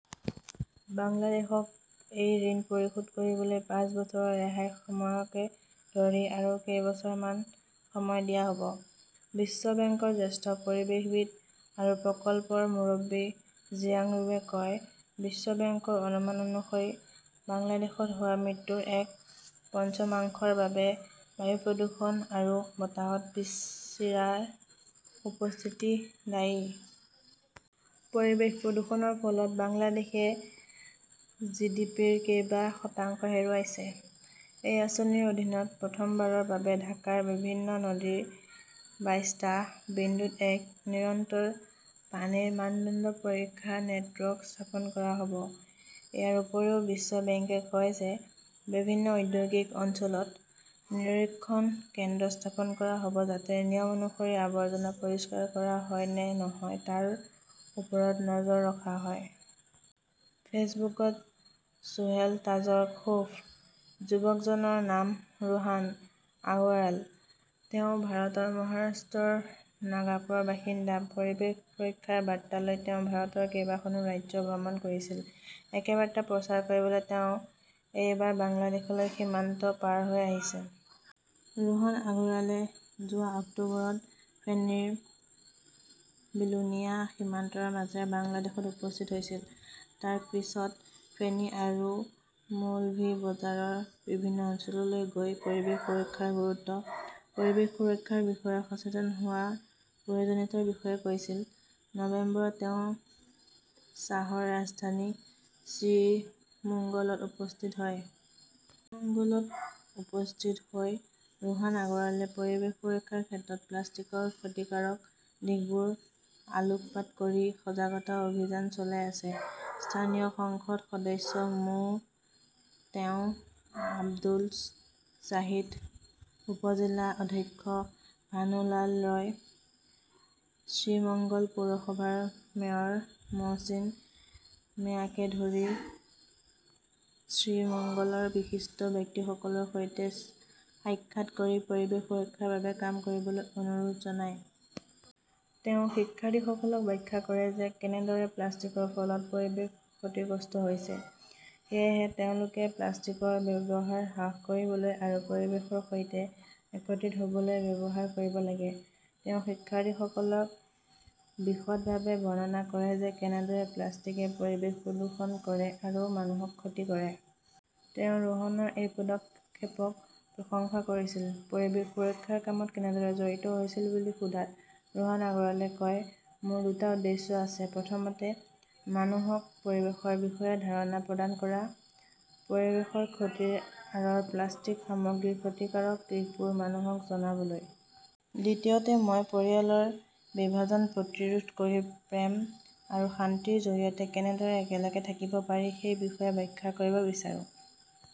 বাংলাদেশক এই ঋণ পৰিশোধ কৰিবলৈ পাঁচ বছৰৰ ৰেহাই সময়কে ধৰি আৰু কেইবছৰ মান সময় দিয়া হ'ব। বিশ্ব বেংকৰ জ্যেষ্ঠ পৰিৱেশবিদ আৰু প্ৰকল্পৰ মুৰব্বী জিয়াং ৰুৱে কয়, বিশ্ব বেংকৰ অনুমান অনুসৰি বাংলাদেশত হোৱা মৃত্যুৰ এক পঞ্চমাংশৰ বাবে বায়ু প্ৰদূষণ আৰু বতাহত চিৰা উপস্থিতি দায়ী। পৰিৱেশ প্ৰদূষণৰ ফলত বাংলাদেশে জিডিপিৰ কেইবা শতাংশ হেৰুৱাইছে। এই আঁচনিৰ অধীনত প্ৰথমবাৰৰ বাবে ঢাকাৰ বিভিন্ন নদীৰ বাইশটা বিন্দুত এক নিৰন্তৰ পানীৰ মানদণ্ড পৰীক্ষা নেটৱৰ্ক স্থাপন কৰা হ'ব। ইয়াৰ উপৰিও বিশ্ব বেংকে কয় যে বিভিন্ন ঔদ্যোগিক অঞ্চলত নিৰীক্ষণ কেন্দ্ৰ স্থাপন কৰা হ'ব যাতে নিয়ম অনুসৰি আৱৰ্জনা পৰিষ্কাৰ কৰা হয় নে নহয় তাৰ ওপৰত নজৰ ৰখা হয়। ফেচবুকত চোহেল তাজৰ ক্ষোভ। যুৱকজনৰ নাম ৰোহান আগৰৱাল। তেওঁ ভাৰতৰ মহাৰাষ্ট্ৰৰ নাগপুৰৰ বাসিন্দা। পৰিৱেশ ৰক্ষাৰ বাৰ্তা লৈ তেওঁ ভাৰতৰ কেইবাখনো ৰাজ্য ভ্ৰমণ কৰিছিল। একে বাৰ্তা প্ৰচাৰ কৰিবলৈ তেওঁ এইবাৰ বাংলাদেশলৈ সীমান্ত পাৰ হৈ আহিছে। ৰোহান আগৰৱালে যোৱা অক্টোবৰত ফেনীৰ বিলোনিয়া সীমান্তৰ মাজেৰে বাংলাদেশত উপস্থিত হৈছিল। তাৰ পিছত ফেনী আৰু মৌলভি বজাৰৰ বিভিন্ন অঞ্চললৈ গৈ পৰিৱেশ সুৰক্ষাৰ গুৰুত্ব, পৰিৱেশ সুৰক্ষাৰ বিষয়ে সচেতন হোৱাৰ প্ৰয়োজনীয়তাৰ বিষয়ে কৈছিল। নৱেম্বৰত তেওঁ চাহৰ ৰাজধানী শ্ৰীমুঙ্গলত উপস্থিত হয়। শ্ৰীমঙ্গলত উপস্থিত হৈ ৰোহান আগৰৱালে পৰিৱেশ সুৰক্ষাৰ ক্ষেত্ৰত প্লাষ্টিকৰ ক্ষতিকাৰক দিশবোৰ আলোকপাত কৰি সজাগতা অভিযান চলাই আছে। স্থানীয় সংসদ সদস্য মো. তেওঁ আব্দুছ শ্বাহিদ, উপ-জিলা অধ্যক্ষ ভানু লাল ৰয়, শ্ৰীমঙ্গল পৌৰসভাৰ মেয়ৰ মহচিন মিয়াকে ধৰি শ্ৰীমঙ্গলৰ বিশিষ্ট ব্যক্তিসকলৰ সৈতে সাক্ষাৎ কৰি পৰিৱেশ সুৰক্ষাৰ বাবে কাম কৰিবলৈ অনুৰোধ জনায়। তেওঁ শিক্ষাৰ্থীসকলক ব্যাখ্যা কৰে যে কেনেদৰে প্লাষ্টিকৰ ফলত পৰিৱেশ ক্ষতিগ্ৰস্ত হৈছে। সেয়েহে তেওঁলোকে প্লাষ্টিকৰ ব্যৱহাৰ হ্ৰাস কৰিবলৈ আৰু পৰিৱেশৰ সৈতে একত্ৰিত হ'বলৈ ব্যৱহাৰ কৰিব লাগে। তেওঁ শিক্ষাৰ্থীসকলক বিশদভাৱে বৰ্ণনা কৰে যে কেনেদৰে প্লাষ্টিকে পৰিৱেশ প্ৰদূষণ কৰে আৰু মানুহক ক্ষতি কৰে। তেওঁ ৰোহানৰ এই পদক্ষেপক প্ৰশংসা কৰিছিল। পৰিৱেশ সুৰক্ষাৰ কামত কেনেদৰে জড়িত হৈছিল বুলি সোধাত ৰোহান আগৰৱালে কয়, মোৰ দুটা উদ্দেশ্য আছে। প্ৰথমতে, মানুহক পৰিৱেশৰ বিষয়ে ধাৰণা প্ৰদান কৰা। পৰিৱেশৰ ক্ষতিৰ আঁৰৰ প্লাষ্টিক সামগ্ৰীৰ ক্ষতিকাৰক দিশবোৰ মানুহক জনাবলৈ। দ্বিতীয়তে, মই পৰিয়ালৰ বিভাজন প্ৰতিৰোধ কৰি প্ৰেম আৰু শান্তিৰ জৰিয়তে কেনেদৰে একেলগে থাকিব পাৰি সেই বিষয়ে ব্যাখ্যা কৰিব বিচাৰো।